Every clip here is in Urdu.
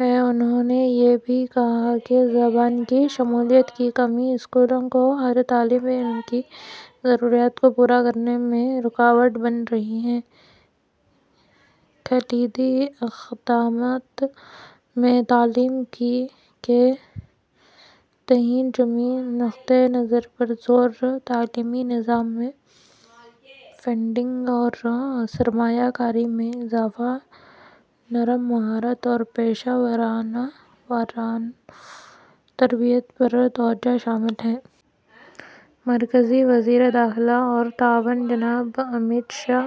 ہے۔ انہوں نے یہ بھی کہا کہ زبان کی شمولیت کی کمی اسکولوں کو ہر طالب علم کی ضروریات کو پورا کرنے میں رکاوٹ بن رہی ہے۔ کلیدی اقدامات میں تعلیم کے تئیں جامع نقطۂ نظر پر زور، تعلیمی نظام میں فنڈنگ اور سرمایہ کاری میں اضافہ، نرم مہارت اور پیشہ ورانہ تربیت پر توجہ شامل ہیں۔ مرکزی وزیر داخلہ اور تعاون جناب امیت شاہ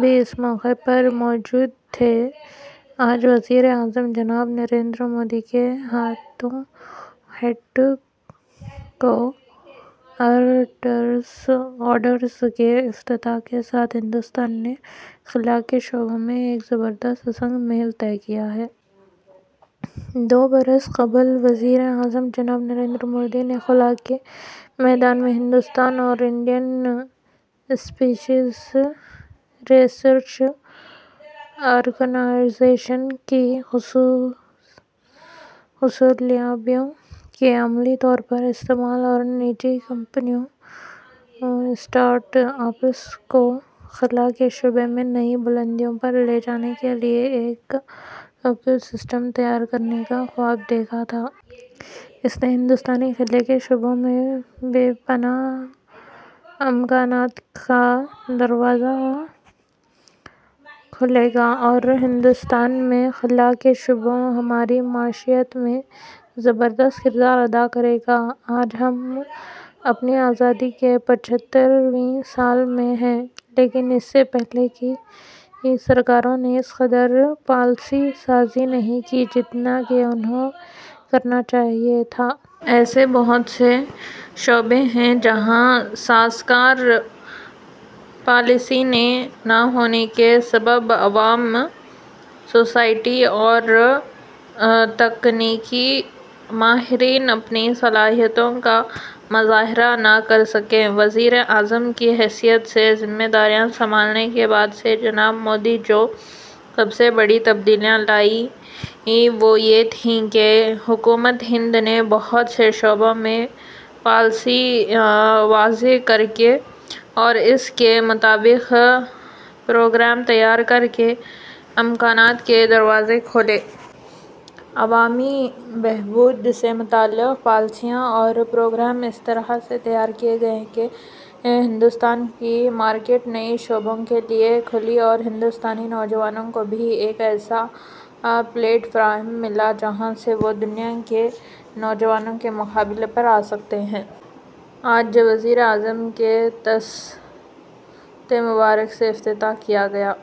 بھی اس موقع پر موجود تھے۔ آج وزیر اعظم جناب نریندر مودی کے ہاتھوں ہیڈ کوارٹرز کے افتتاح کے ساتھ ہندوستان نے خلاء کے شعبے میں ایک زبردست سنگ میل طے کیا ہے۔ دو برس قبل وزیر اعظم جناب نریندر مودی نے خلاء کے میدان میں ہندوستان اور انڈین اسپیس ریسرچ آرگنائزیشن کی حصولیابیوں کے عملی طور پر استعمال اور نجی کمپنیوں، اسٹارٹ اپس کو خلاء کے شعبے میں نئی بلندیوں پر لے جانے کے لیے ایک ایکو سسٹم تیار کرنے کا خواب دیکھا تھا۔ اس سے ہندوستانی خلاء کے شعبے میں بے پناہ امکانات کا دروازہ کھلے گا اور ہندوستان میں خلاء کا شعبہ ہماری معیشت میں زبردست کردار ادا کرے گا۔ آج ہم اپنی آزادی کے پچھتر ویں سال میں ہیں، لیکن اس سے پہلے کی سرکاروں نے اس قدر پالیسی سازی نہیں کی جتنا کہ انہیں کرنا چاہیے تھا۔ ایسے بہت سے شعبے ہیں جہاں سازگار پالیسی نہ ہونے کے سبب عوام، سوسائٹی اور تکنیکی ماہرین اپنی صلاحیتوں کا مظاہرہ نہ کر سکے۔ وزیر اعظم کی حیثیت سے ذمہ داریاں سنبھالنے کے بعد سے جناب مودی جو سب سے بڑی تبدیلی لائے، وہ یہ تھی کہ حکومت ہند نے بہت سے شعبوں میں پالیسی وضع کرکے اور اس کے مطابق پروگرام تیار کرکے امکانات کے دروازے کھولے۔ عوامی بہبود سے متعلق پالیسیاں اور پروگرام اس طرح سے تیار کیے گئے کہ ہندوستان کی مارکیٹ نئے شعبوں کے لیے کھلی اور ہندوستانی نوجوانوں کو بھی ایک ایسا پلیٹ فارم ملا جہاں سے وہ دنیا کے نوجوانوں کے مقابلے پر آ سکتے ہیں۔ آج وزیر اعظم کے دستِ مبارک سے افتتاح کیا گیا۔